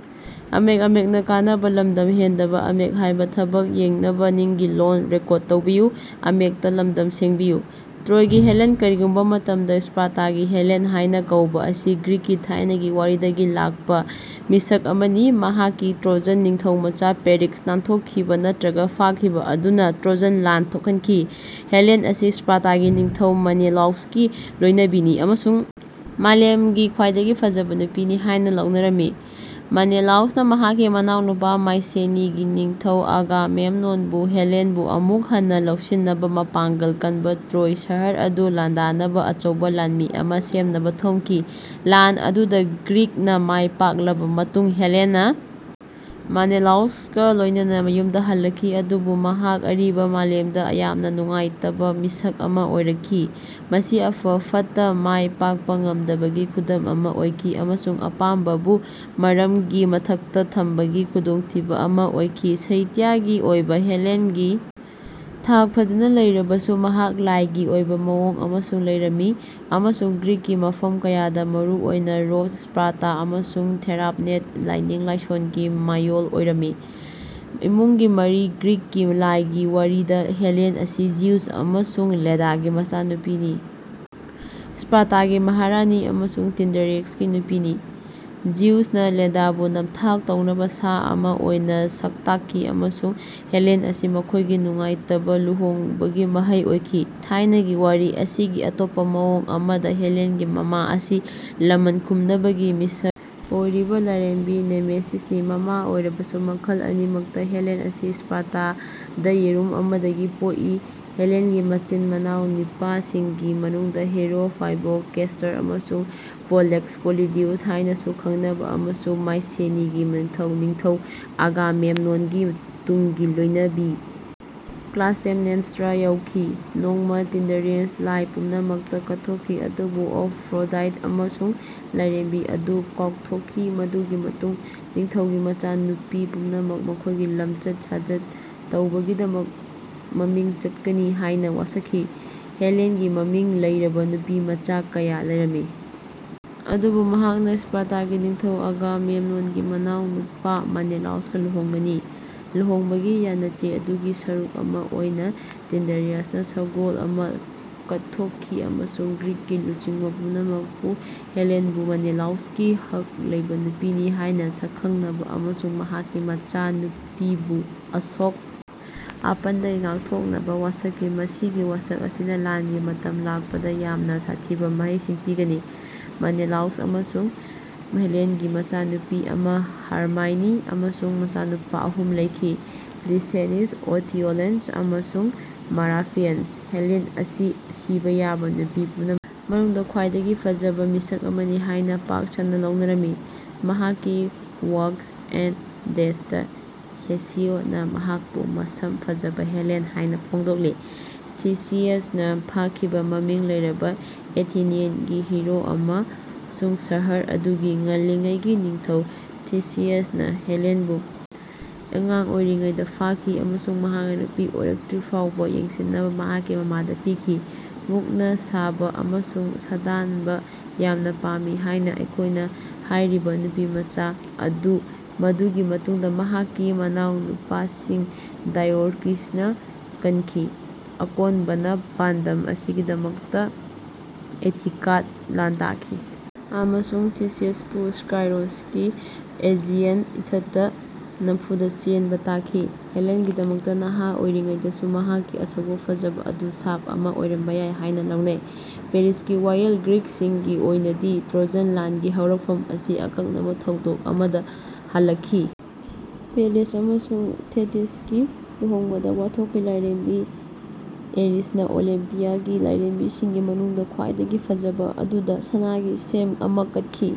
ꯇ꯭ꯔꯣꯏꯒꯤ Helen ꯀꯔꯤꯒꯨꯝꯕ ꯃꯇꯝꯗ ꯁ꯭ꯄꯥꯔꯇꯥꯒꯤ Helen ꯍꯥꯏꯅ ꯀꯧꯕ ꯑꯁꯤ ꯒ꯭ꯔꯤꯛꯀꯤ ꯊꯥꯏꯅꯒꯤ ꯋꯥꯔꯤꯗꯒꯤ ꯂꯥꯛꯄ ꯃꯤꯁꯛ ꯑꯃꯅꯤ ꯃꯍꯥꯛꯀꯤ ꯇ꯭ꯔꯣꯖꯟ ꯅꯤꯡꯊꯧꯃꯆꯥ ꯄꯦꯔꯤꯁꯀ ꯅꯥꯟꯊꯣꯛꯈꯤꯕ ꯅꯠꯇ꯭ꯔꯒ ꯐꯥꯈꯤꯕ ꯑꯗꯨꯅ ꯇ꯭ꯔꯣꯖꯟ ꯂꯥꯟ ꯊꯣꯛꯍꯟꯈꯤ꯫ ꯍꯦꯂꯦꯟ ꯑꯁꯤ ꯁ꯭ꯄꯥꯔꯇꯥꯒꯤ ꯅꯤꯡꯊꯧ ꯃꯦꯅꯦꯂꯥꯎꯁꯀꯤ ꯂꯣꯏꯅꯕꯤꯅꯤ ꯑꯃꯁꯨꯡ ꯃꯥꯂꯦꯝꯒꯤ ꯈ꯭ꯋꯥꯏꯗꯒꯤ ꯐꯖꯕ ꯅꯨꯄꯤꯅꯤ ꯍꯥꯏꯅ ꯂꯧꯅꯔꯝꯃꯤ꯫ ꯃꯦꯅꯦꯂꯥꯎꯁꯅ ꯃꯍꯥꯛꯀꯤ ꯃꯅꯥꯎꯅꯨꯄꯥ ꯃꯥꯏꯁꯦꯅꯤꯒꯤ ꯅꯤꯡꯊꯧ ꯑꯒꯥꯃꯦꯝꯅꯣꯟꯕꯨ ꯍꯦꯂꯦꯟꯕꯨ ꯑꯃꯨꯛ ꯍꯟꯅ ꯂꯧꯁꯤꯟꯅꯕ ꯃꯄꯥꯡꯒꯜ ꯀꯟꯕ ꯇ꯭ꯔꯣꯏ ꯁꯍꯔ ꯑꯗꯨ ꯂꯥꯟꯗꯥꯅꯕ ꯑꯆꯧꯕ ꯂꯥꯟꯃꯤ ꯑꯃ ꯁꯦꯝꯅꯕ ꯊꯦꯝꯈꯤ꯫ ꯂꯥꯟ ꯑꯗꯨꯗ ꯒ꯭ꯔꯤꯛꯅ ꯃꯥꯏꯄꯥꯛꯂꯕ ꯃꯇꯨꯡꯗ ꯍꯦꯂꯦꯟꯅ ꯃꯦꯅꯦꯂꯥꯎꯁꯀ ꯂꯣꯏꯅꯅ ꯃꯌꯨꯝꯗ ꯍꯜꯂꯛꯈꯤ ꯑꯗꯨꯕꯨ ꯃꯍꯥꯛ ꯑꯔꯤꯕ ꯃꯥꯂꯦꯝꯗ ꯌꯥꯝꯅ ꯅꯨꯡꯉꯥꯏꯇꯕ ꯃꯤꯁꯛ ꯑꯃ ꯑꯣꯏꯔꯛꯈꯤ ꯃꯁꯤ ꯑꯐ ꯐꯠꯇ ꯃꯥꯏ ꯄꯥꯛꯄ ꯉꯝꯗꯕꯒꯤ ꯈꯨꯗꯝ ꯑꯃ ꯑꯣꯏꯈꯤ ꯑꯃꯁꯨꯡ ꯑꯄꯥꯝꯕꯕꯨ ꯃꯔꯝꯒꯤ ꯃꯊꯛꯇ ꯊꯝꯕꯒꯤ ꯈꯨꯗꯣꯡꯊꯤꯕ ꯑꯃ ꯑꯣꯏꯈꯤ꯫ ꯁꯥꯍꯤꯇ꯭ꯌꯒꯤ ꯑꯣꯏꯕ ꯍꯦꯂꯦꯟꯒꯤ ꯊꯥꯛ ꯐꯖꯅ ꯂꯩꯔꯕꯁꯨ ꯃꯍꯥꯛ ꯂꯥꯏꯒꯤ ꯑꯣꯏꯕ ꯃꯑꯣꯡ ꯑꯃꯁꯨ ꯂꯩꯔꯝꯃꯤ ꯑꯃꯁꯨꯡ ꯒ꯭ꯔꯤꯛꯀꯤ ꯃꯐꯝ ꯀꯌꯥꯗ ꯃꯔꯨꯑꯣꯏꯅ ꯔꯣꯗꯁ ꯁ꯭ꯄꯥꯔꯇꯥ ꯑꯃꯁꯨꯡ ꯊꯦꯔꯥꯞꯅꯦꯗ ꯂꯥꯏꯅꯤꯡ ꯂꯥꯏꯁꯣꯜꯒꯤ ꯃꯌꯣꯜ ꯑꯣꯏꯔꯝꯃꯤ꯫ ꯏꯃꯨꯡꯒꯤ ꯃꯔꯤ ꯒ꯭ꯔꯤꯛꯀꯤ ꯂꯥꯏꯒꯤ ꯋꯥꯔꯤꯗ ꯍꯦꯂꯦꯟ ꯑꯁꯤ ꯖ꯭ꯌꯨꯁ ꯑꯃꯁꯨꯡ ꯂꯦꯗꯥꯒꯤ ꯃꯆꯥꯅꯨꯄꯤꯅꯤ ꯁ꯭ꯄꯥꯔꯇꯥꯒꯤ ꯃꯍꯥꯔꯥꯅꯤ ꯑꯃꯁꯨꯡ ꯇꯤꯟꯗꯥꯔꯦꯌꯁꯀꯤ ꯅꯨꯄꯤꯅꯤ꯫ ꯖꯤꯎꯁꯅ ꯂꯦꯗꯥꯕꯨ ꯅꯝꯊꯥꯛ ꯇꯧꯅꯕ ꯁꯥ ꯑꯃ ꯑꯣꯏꯅ ꯁꯛꯇꯥꯛꯈꯤ ꯑꯃꯁꯨꯡ ꯍꯦꯂꯦꯟ ꯑꯁꯤ ꯃꯈꯣꯏꯒꯤ ꯅꯨꯡꯉꯥꯏꯇꯕ ꯂꯨꯍꯣꯡꯕꯒꯤ ꯃꯍꯩ ꯑꯣꯏꯈꯤ꯫ ꯊꯥꯏꯅꯒꯤ ꯋꯥꯔꯤ ꯑꯁꯤꯒꯤ ꯑꯇꯣꯞꯄ ꯃꯑꯣꯡ ꯑꯃꯗ ꯍꯦꯂꯦꯟꯒꯤ ꯃꯃꯥ ꯑꯁꯤ ꯂꯃꯟ ꯈꯨꯝꯅꯕꯒꯤ ꯃꯤꯁꯛ ꯑꯣꯏꯔꯤꯕ ꯂꯥꯏꯔꯦꯝꯕꯤ ꯅꯦꯃꯦꯁꯤꯁꯅꯤ꯫ ꯃꯃꯥ ꯑꯣꯏꯔꯕꯁꯨ ꯃꯈꯜ ꯑꯅꯤꯃꯛꯇ ꯍꯦꯂꯦꯟ ꯑꯁꯤ ꯁ꯭ꯄꯥꯔꯇꯥꯗ ꯌꯦꯔꯨꯝ ꯑꯃꯗꯒꯤ ꯄꯣꯛꯏ꯫ ꯍꯦꯂꯦꯟꯒꯤ ꯃꯆꯤꯟ ꯃꯅꯥꯎ ꯅꯨꯄꯥꯁꯤꯡꯒꯤ ꯃꯅꯨꯡꯗ ꯍꯤꯔꯣ ꯐꯥꯏꯕꯣꯛ ꯀꯦꯁ꯭ꯇꯔ ꯑꯃꯁꯨꯡ ꯄꯣꯂꯛꯁ ꯄꯣꯂꯤꯗ꯭ꯌꯨꯁ ꯍꯥꯏꯅꯁꯨ ꯈꯪꯅꯕ ꯑꯃꯁꯨꯡ ꯃꯥꯏꯁꯦꯅꯤꯒꯤ ꯅꯤꯡꯊꯧ ꯅꯤꯡꯊꯧ ꯑꯒꯥꯃꯦꯝꯅꯣꯟꯒꯤ ꯇꯨꯡꯒꯤ ꯂꯣꯏꯅꯕꯤ ꯀ꯭ꯂꯥꯏꯇꯦꯝꯅꯦꯁ꯭ꯇ꯭ꯔꯥ ꯌꯥꯎꯈꯤ꯫ ꯅꯣꯡꯃ ꯇꯤꯟꯗꯥꯔꯤꯌꯁꯅ ꯂꯥꯏ ꯄꯨꯝꯅꯃꯛꯇ ꯀꯠꯊꯣꯛꯈꯤ ꯑꯗꯨꯕꯨ ꯑꯦꯐ꯭ꯔꯣꯗꯥꯏꯠ ꯑꯃꯁꯨꯡ ꯂꯥꯏꯔꯦꯝꯕꯤ ꯑꯗꯨ ꯀꯥꯎꯊꯣꯛꯈꯤ ꯃꯗꯨꯒꯤ ꯃꯇꯨꯡꯗ ꯅꯤꯡꯊꯧꯒꯤ ꯃꯆꯥꯅꯨꯄꯤ ꯄꯨꯝꯅꯃꯛ ꯃꯈꯣꯏꯒꯤ ꯂꯝꯆꯠ ꯁꯥꯖꯠ ꯇꯧꯕꯒꯤꯗꯃꯛ ꯃꯃꯤꯡ ꯆꯠꯀꯅꯤ ꯍꯥꯏꯅ ꯋꯥꯁꯛꯈꯤ꯫ ꯍꯦꯂꯦꯟꯒꯤ ꯃꯃꯤꯡ ꯂꯩꯔꯕ ꯅꯨꯄꯤ ꯃꯆꯥ ꯀꯌꯥ ꯂꯩꯔꯝꯃꯤ ꯑꯗꯨꯕꯨ ꯃꯍꯥꯛꯅ ꯁ꯭ꯄꯥꯔꯇꯥꯒꯤ ꯅꯤꯡꯊꯧ ꯑꯒꯥꯃꯦꯝꯅꯣꯟꯒꯤ ꯃꯅꯥꯎꯅꯨꯄꯥ ꯃꯦꯅꯦꯂꯥꯎꯁꯀ ꯂꯨꯍꯣꯡꯒꯅꯤ꯫ ꯂꯨꯍꯣꯡꯕꯒꯤ ꯌꯥꯅꯆꯦ ꯑꯗꯨꯒꯤ ꯁꯔꯨꯛ ꯑꯃ ꯑꯣꯏꯅ ꯇꯤꯟꯗꯥꯔꯤꯌꯁꯅ ꯁꯒꯣꯜ ꯑꯃ ꯀꯠꯊꯣꯛꯈꯤ ꯑꯃꯁꯨꯡ ꯒ꯭ꯔꯤꯛꯀꯤ ꯂꯨꯆꯤꯡꯕ ꯄꯨꯝꯅꯃꯛꯄꯨ ꯍꯦꯂꯦꯟꯕꯨ ꯃꯦꯅꯦꯂꯥꯎꯁꯀꯤ ꯍꯛ ꯂꯩꯕ ꯅꯨꯄꯤꯅꯤ ꯍꯥꯏꯅ ꯁꯛꯈꯪꯅꯕ ꯑꯃꯁꯨꯡ ꯃꯍꯥꯛꯀꯤ ꯃꯆꯥꯅꯨꯄꯤꯕꯨ ꯑꯁꯣꯛ ꯑꯄꯟꯗꯒꯤ ꯉꯥꯛꯊꯣꯛꯅꯕ ꯋꯥꯁꯛꯈꯤ꯫ ꯃꯁꯤꯒꯤ ꯋꯥꯁꯛ ꯑꯁꯤꯅ ꯂꯥꯟꯒꯤ ꯃꯇꯝ ꯂꯥꯛꯄꯗ ꯌꯥꯝꯅ ꯁꯥꯊꯤꯕ ꯃꯍꯩꯁꯤꯡ ꯄꯤꯒꯅꯤ꯫ ꯃꯦꯅꯦꯂꯥꯎꯁ ꯑꯃꯁꯨꯡ ꯍꯦꯂꯦꯟꯒꯤ ꯃꯆꯥꯅꯨꯄꯤ ꯑꯃ, ꯍꯔꯃꯥꯏꯅꯤ ꯑꯃꯁꯨꯡ ꯃꯆꯥꯅꯨꯄꯥ ꯑꯍꯨꯝ ꯂꯩꯈꯤ ꯄ꯭ꯂꯤꯁꯊꯦꯅꯤꯁ ꯑꯦꯊꯤꯑꯣꯂꯥꯁ ꯑꯃꯁꯨꯡ ꯃꯔꯥꯐꯤꯌꯁ꯫ ꯍꯦꯂꯦꯟ ꯑꯁꯤ ꯁꯤꯕ ꯌꯥꯕ ꯅꯨꯄꯤ ꯄꯨꯝꯅꯃꯛꯀꯤ ꯃꯅꯨꯡꯗ ꯈ꯭ꯋꯥꯏꯗꯒꯤ ꯐꯖꯕ ꯃꯤꯁꯛ ꯑꯃꯅꯤ ꯍꯥꯏꯅ ꯄꯥꯛ ꯁꯟꯅ ꯂꯧꯅꯔꯝꯃꯤ꯫ ꯃꯍꯥꯛꯀꯤ ꯋꯥꯔ꯭ꯛꯁ ꯑꯦꯟꯗ ꯗꯦꯁꯇ ꯍꯦꯁꯤꯌꯣꯗꯅ ꯃꯍꯥꯛꯄꯨ ꯃꯁꯝ ꯐꯖꯕ ꯍꯦꯂꯦꯟ ꯍꯥꯏꯅ ꯐꯣꯡꯗꯣꯛꯂꯤ꯫ ꯊꯤꯁꯤꯌꯁꯅ ꯐꯥꯈꯤꯕ ꯃꯃꯤꯡ ꯂꯩꯔꯕ ꯑꯦꯊꯦꯅꯤꯌꯟꯒꯤ ꯍꯤꯔꯣ ꯑꯃꯁꯨꯡ ꯁꯍꯔ ꯑꯗꯨꯒꯤ ꯉꯜꯂꯤꯉꯩꯒꯤ ꯅꯤꯡꯊꯧ ꯊꯤꯁꯤꯌꯁꯅ ꯍꯦꯂꯦꯟꯕꯨ ꯑꯉꯥꯡ ꯑꯣꯏꯔꯤꯉꯩꯗ ꯐꯥꯈꯤ ꯑꯃꯁꯨꯡ ꯃꯍꯥꯛꯅ ꯅꯨꯄꯤ ꯑꯣꯏꯔꯛꯇ꯭ꯔꯤꯐꯥꯎꯕ ꯌꯦꯡꯁꯤꯟꯅꯕ ꯃꯍꯥꯛꯀꯤ ꯃꯃꯥꯗ ꯄꯤꯈꯤ꯫ ꯃꯨꯛꯅ ꯁꯥꯕ ꯑꯃꯁꯨꯡ ꯁꯥꯗꯥꯟꯕ ꯌꯥꯝꯅ ꯄꯥꯝꯃꯤ ꯍꯥꯏꯅ ꯑꯩꯈꯣꯏꯗ ꯍꯥꯏꯔꯤꯕ ꯅꯨꯄꯤꯃꯆꯥ ꯑꯗꯨ ꯃꯗꯨꯒꯤ ꯃꯇꯨꯡꯗ ꯃꯍꯥꯛꯀꯤ ꯃꯅꯥꯎꯅꯨꯄꯥꯁꯤꯡ ꯗꯥꯏꯑꯣꯁ꯭ꯀꯨꯔꯤꯅ ꯀꯟꯈꯤ꯫ ꯑꯀꯣꯟꯕꯅ ꯄꯥꯟꯗꯝ ꯑꯁꯤꯒꯤꯗꯃꯛꯇ ꯑꯦꯊꯤꯀꯥꯗ ꯂꯥꯟꯗꯥꯈꯤ ꯑꯃꯁꯨꯡ ꯊꯤꯁꯤꯌꯁꯄꯨ ꯁ꯭ꯀꯥꯏꯔꯣꯁꯀꯤ ꯑꯦꯖꯤꯌꯟ ꯏꯊꯠꯇ ꯅꯝꯐꯨꯗ ꯆꯦꯟꯕ ꯇꯥꯈꯤ꯫ ꯍꯦꯂꯦꯟꯒꯤꯗꯃꯛꯇ ꯅꯍꯥ ꯑꯣꯏꯔꯤꯉꯩꯗꯁꯨ ꯃꯍꯥꯛꯀꯤ ꯑꯆꯧꯕ ꯐꯖꯕ ꯑꯗꯨ ꯁꯥꯞ ꯑꯃ ꯑꯣꯏꯔꯝꯕ ꯌꯥꯏ ꯍꯥꯏꯅ ꯂꯧꯅꯩ꯫ ꯄꯦꯔꯤꯁꯀꯤ ꯋꯥꯌꯦꯜ ꯒ꯭ꯔꯤꯛꯁꯤꯡꯒꯤ ꯑꯣꯏꯅꯗꯤ ꯇ꯭ꯔꯣꯖꯟ ꯂꯥꯟꯒꯤ ꯍꯧꯔꯛꯐꯝ ꯑꯁꯤ ꯑꯀꯛꯅꯕ ꯊꯧꯗꯣꯛ ꯑꯃꯗ ꯍꯜꯂꯛꯈꯤ꯫ ꯄꯦꯂꯤꯌꯁ ꯑꯃꯁꯨꯡ ꯊꯦꯇꯤꯁꯀꯤ ꯂꯨꯍꯣꯡꯕꯗ ꯋꯥꯊꯣꯛꯀꯤ ꯂꯥꯏꯔꯦꯝꯕꯤ ꯑꯦꯔꯤꯁꯅ ꯑꯣꯂꯤꯝꯄꯤꯌꯥꯒꯤ ꯂꯥꯏꯔꯦꯝꯕꯤꯁꯤꯡꯒꯤ ꯃꯅꯨꯡꯗ ꯈ꯭ꯋꯥꯏꯗꯒꯤ ꯐꯖꯕ ꯑꯗꯨꯗ ꯁꯅꯥꯒꯤ ꯁꯦꯝ ꯑꯃ ꯀꯠꯈꯤ꯫